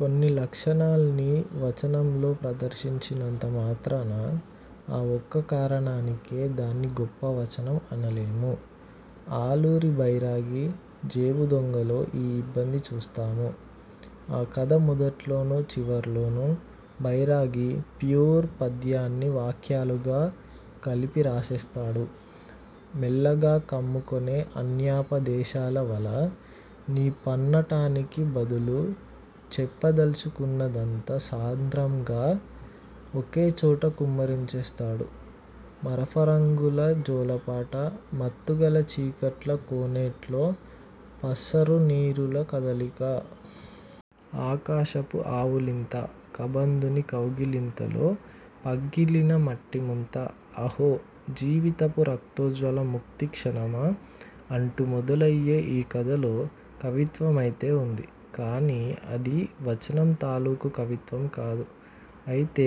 కొన్ని లక్షణాల్ని వచనంలో ప్రదర్శించినంత మాత్రాన, ఆ ఒక్క కారణానికే దాన్ని గొప్ప వచనం అనలేము. ఆలూరి బైరాగి 'జేబుదొంగ'లో ఈ ఇబ్బంది చూస్తాను. ఆ కథ మొదట్లోనూ చివర్లోనూ బైరాగి ప్యూర్ పద్యాన్ని వాక్యాలుగా కలిపి రాసేస్తాడు. ''మెల్లగా కమ్ముకొనే అన్యాపదేశాల వల''ని పన్నటానికి బదులు, చెప్పదల్చుకున్నదంతా సాంద్రంగా ఒకేచోట కుమ్మరించేస్తాడు ''మరఫిరంగుల జోలపాట, మత్తుగల చీకట్ల కోనేట్లో పసరునీరుల కదలిక. ఆకాశపు ఆవులింత. కబంధుని కౌగిలింతలో పగిలిన మట్టిముంత. అహో! జీవితపు రక్తోజ్వల ముక్తిక్షణమా'' అంటూ మొదలయ్యే ఈ కథలో కవిత్వమైతే ఉంది, కానీ అది వచనం తాలూకు కవిత్వం కాదు. ఆయన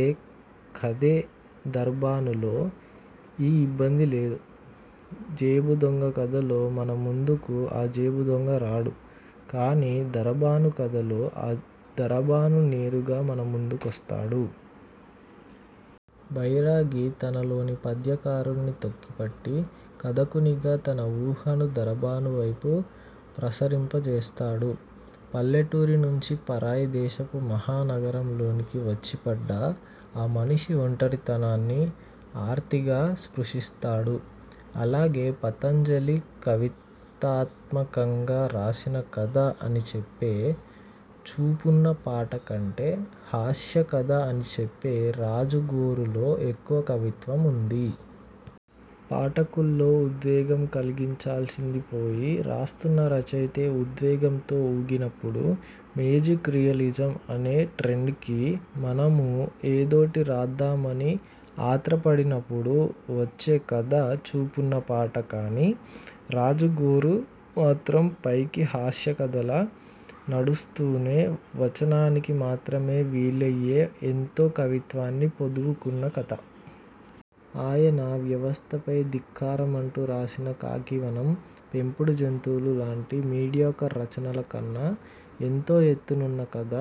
కథే 'దరబాను'లో ఈ ఇబ్బంది లేదు. 'జేబుదొంగ' కథలో మన ముందుకు ఆ జేబుదొంగ రాడు, కానీ 'దరబాను' కథలో ఆ దరబాను నేరుగా మన ముందుకొస్తాడు. బైరాగి తనలోని పద్యకారుడ్ని తొక్కిపట్టి, కథకునిగా తన ఊహను దరబాను వైపు ప్రసరింపజేస్తాడు. పల్లెటూరి నుంచి పరాయి దేశపు మహా నగరంలోనికి వచ్చిపడ్డ ఆ మనిషి ఒంటరితనాన్ని ఆర్తిగా స్పృశిస్తాడు. అలాగే పతంజలి కవితాత్మకంగా రాసిన కథ అని చెప్పే 'చూపున్న పాట' కంటే, హాస్య కథ అని చెప్పే 'రాజుగోరు'లో ఎక్కువ కవిత్వం ఉంది. పాఠకుల్లో ఉద్వేగం కలిగించాల్సింది పోయి రాస్తున్న రచయితే ఉద్వేగంతో ఊగినప్పుడూ, మేజిక్రియలిజం అనే ట్రెండ్ కి మనమూ ఏదోటి రాద్దామని ఆత్రపడినప్పుడూ వచ్చే కథ 'చూపున్న పాట'. కానీ 'రాజుగోరు' మాత్రం పైకి హాస్య కథలా నడుస్తూనే, వచనానికి మాత్రమే వీలయ్యే ఎంతో కవిత్వాన్ని పొదువుకున్న కథ. ఆయన వ్యవస్థపై ధిక్కారమంటూ రాసిన 'ఖాకీవనం', 'పెంపుడు జంతువులు' లాంటి మీడియోకర్ రచనల కన్నా ఎంతో ఎత్తు నున్న కథ.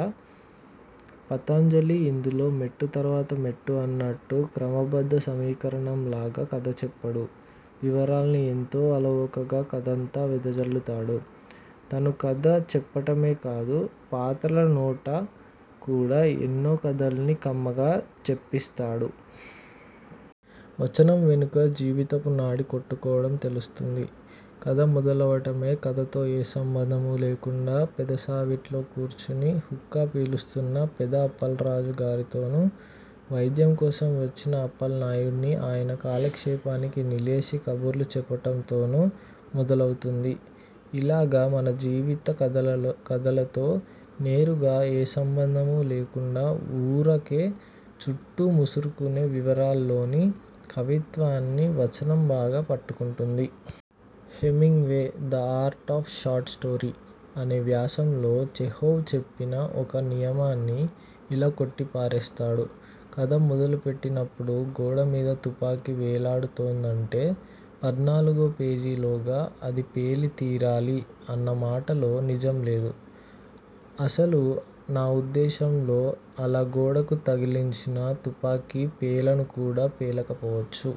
పతంజలి ఇందులో మెట్టు తర్వాత మెట్టు అన్నట్టు క్రమబద్ధ సమీకరణంలాగ కథ చెప్పడు. వివరాల్ని ఎంతో అలవోకగా కథంతా వెదజల్లుతాడు. తను కథ చెప్పటమే కాదు, పాత్రల నోట మాట కూడా ఎన్నో కథల్ని కమ్మగా చెప్పిస్తాడు. వచనం వెనుక జీవితపు నాడి కొట్టుకోవడం తెలుస్తుంది. కథ మొదలవటమే, కథతో ఏ సంబంధమూ లేకుండా పెదసావిట్లో కూర్చుని హుక్కా పీలుస్తున్న పెద అప్పల్రాజు గారితోనూ, వైద్యం కోసం వచ్చిన అప్పల్నాయుడ్ని ఆయన కాలక్షేపానికి నిలేసి కబుర్లు చెప్పటంతోనూ మొదలవుతుంది. ఇలాగ మన జీవిత కథలతో నేరుగా ఏ సంబంధమూ లేకుండా ఊరకే చుట్టూ ముసురుకునే వివరాల్లోని కవిత్వాన్ని వచనం బాగా పట్టుకుంటుంది. Hemingway 'the art of short story' అనే వ్యాసంలో చెహోవ్ చెప్పిన ఒక నియమాన్ని ఇలా కొట్టిపారేస్తాడు కథ మొదలుపెట్టినప్పుడు గోడ మీద తుపాకీ వేలాడుతోందంటే పద్నాలుగో పేజీలోగా అది పేలి తీరాలీ అన్న మాటలో నిజం లేదు. అసలు నా ఉద్దేశంలో, అలా గోడకు తగిలించిన తుపాకీ పేలను కూడా పేలకపోవచ్చు.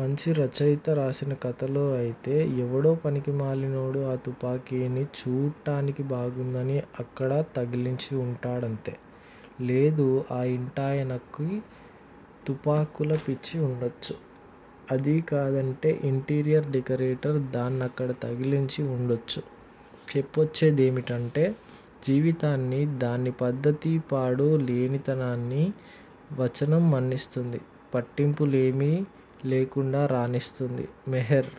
మంచి రచయిత రాసిన కథలో ఐతే ఎవడో పనికిమాలినోడు ఆ తుపాకీని చూట్టానికి బాగుందని అక్కడ తగిలించి ఉంటాడంతే. లేదూ ఆ ఇంటాయనకి తుపాకుల పిచ్చి ఉండొచ్చు. అదీ కాదంటే, ఇంటీరియర్ డెకరేటర్ దాన్నక్కడ తగిలించి వుండొచ్చు. చెప్పొచ్చేదేమిటంటే జీవితాన్నీ, దాని పద్ధతీపాడూ లేనితనాన్నీ వచనం మన్నిస్తుంది, పట్టింపులేమీ లేకుండా రానిస్తుంది. మెహెర్